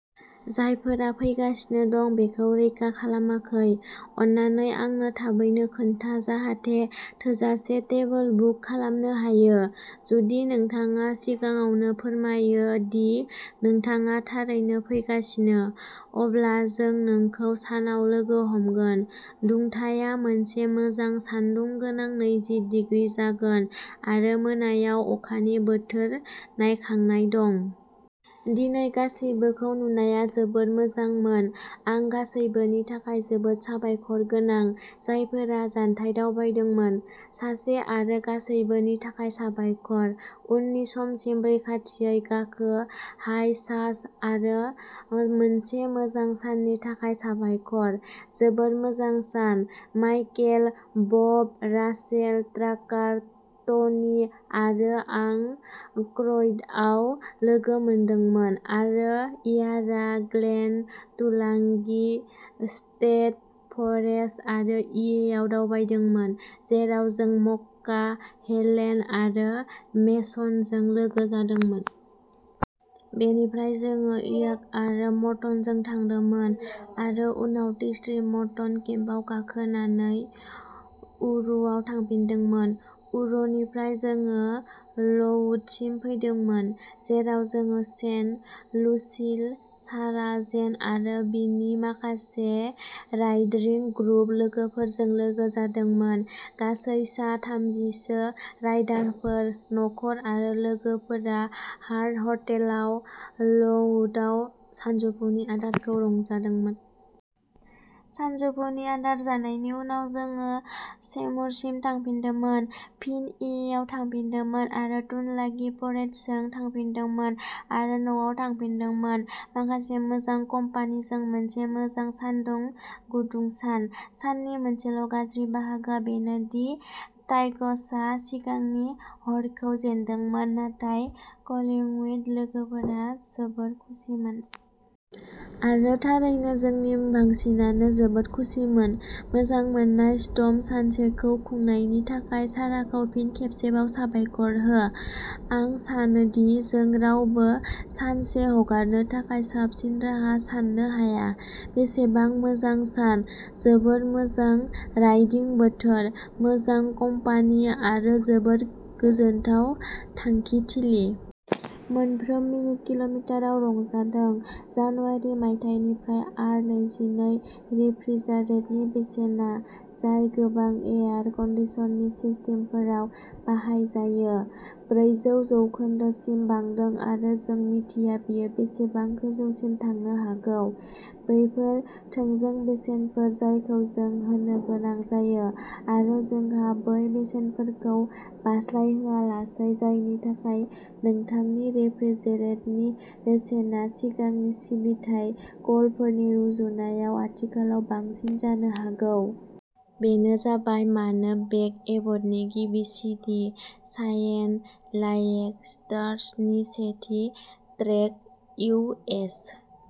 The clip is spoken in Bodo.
जायफोरा फैगासिनो दं बेखौ रैखा खालामाखै, अननानै आंनो थाबैनो खोन्था जाहाथे थोजासे टेबोल बुक खालामनो हायो। जुदि नोंथाङा सिगाङावनो फोरमायो दि नोंथाङा थारैनो फैगासिनो, अब्ला जों नोंखौ सानाव लोगो हमगोन। दुंथाया मोनसे मोजां सान्दुं गोनां नैजि डिग्री जागोन आरो मोनायाव अखानि बोथोर नायखांनाय दं। दिनै गासिबोखौ नुनाया जोबोद मोजांमोन आं गासैबोनि थाखाय जोबोद साबायखरगोनां, जायफोरा जानथाय दावबायदोंमोन। सासे आरो गासैबोनो थाखाय साबायखर। उननि समसिम-रैखाथियै गाखो हाय सास आरो मोनसे मोजां साननि थाखाय साबायखर। जोबोद मोजां सान। माइकेल, बब, रासेल, ट्राकार, टनि आरो आं क्रयडआव लोगो मोनदोंमोन आरो यारा ग्लेन, टुलांगि स्टेट फरेस्ट आरो येयाव दावबायदोंमोन जेराव जों मक्का, हेलेन आरो मेसनजों लोगो जादोंमोन। बेनिफ्राय जों यार्क आरो मर्टनजों थांदोंमोन, आरो उनाव टिस्टी मर्टन गेपआव गाखोनानै उरुयाव थांफिनदोंमोन। उरु'निफ्राय जों लंवुडसिम थांदोंमोन जेराव जों शेन, लुसिल, सारा-जेन आरो बिनि माखासे राइड्रिं ग्रुप लोगोफोरजों लोगो जादोंमोन। गासै सा थामजिसो राइडारफोर, नखर आरो लोगोफोरा हार्ट हटेल आव लंवुडआव सानजौफुनि आदारखौ रंजादोंमोन। सानजौफुनि आदार जानायनि उनाव जोंङो सेमुरसिम थांफिनदोंमोन, फिन येयाव थांफिनदोंमोन आरो टुनलागि फरेस्टजों थांफिनदोंमोन आरो न'आव थांफिनदोंमोन। माखासे मोजां कम्पानिजों मोनसे मोजां सानदुं गुदुं सान। साननि मोनसेल' गाज्रि बाहागोआ बेनो दि टाइगर्सआ सिगांनि हरखौ जेनदोंमोन, नाथाय कलिंवुइड लोगोफोरा जोबोद खुसिमोन। आरो थारैनो जोंनि बांसिनानो जोबोद खुसिमोन। मोजां मोननाय स्टर्म सानसेखौ खुंनायनि थाखाय साराखौ फिन खेबसेबाव साबायखर हो। आं सानो दि जों रावबो सानसे हगारनो थाखाय साबसिन राहा साननो हाया। बेसेबां मोजां सान, जोबोद मोजां राइडिं बोथोर, मोजां कम्पानि आरो जोबोद गोजोनथाव थांखिथिलि। मोनफ्रोम मिनिट किल'मिटाराव रंजादों। जानुवारि मायथाइनिफ्राय आर नैजिनै रेफ्रिजारेन्टनि बेसेना, जाय गोबां एयार कन्दिसनिं सिस्टेमफोराव बाहायजायो, ब्रैजौ जौखोनदो सिम बांदों आरो जों मिथिया बेयो बेसेबां गोजौसिम थांनो हागौ। बेफोर थोंजों बेसेनफोर जायखौ जों होनो गोनां जायो आरो जोंहा बै बेसेनफोरखौ बारस्लायहोआलासै, जायनि थाखाय नोंथांनि रेफ्रिजेरेन्टनि बेसेना सिगांनि सिबिथाइ कलफोरनि रुजुनायाव आथिखालाव बांसिन जानो हागौ। बेनो जाबाय मानो बेक एबटनि गिबि सिडि शाइन लाइक स्टार्स नि सेथि ट्रेक इउ एस।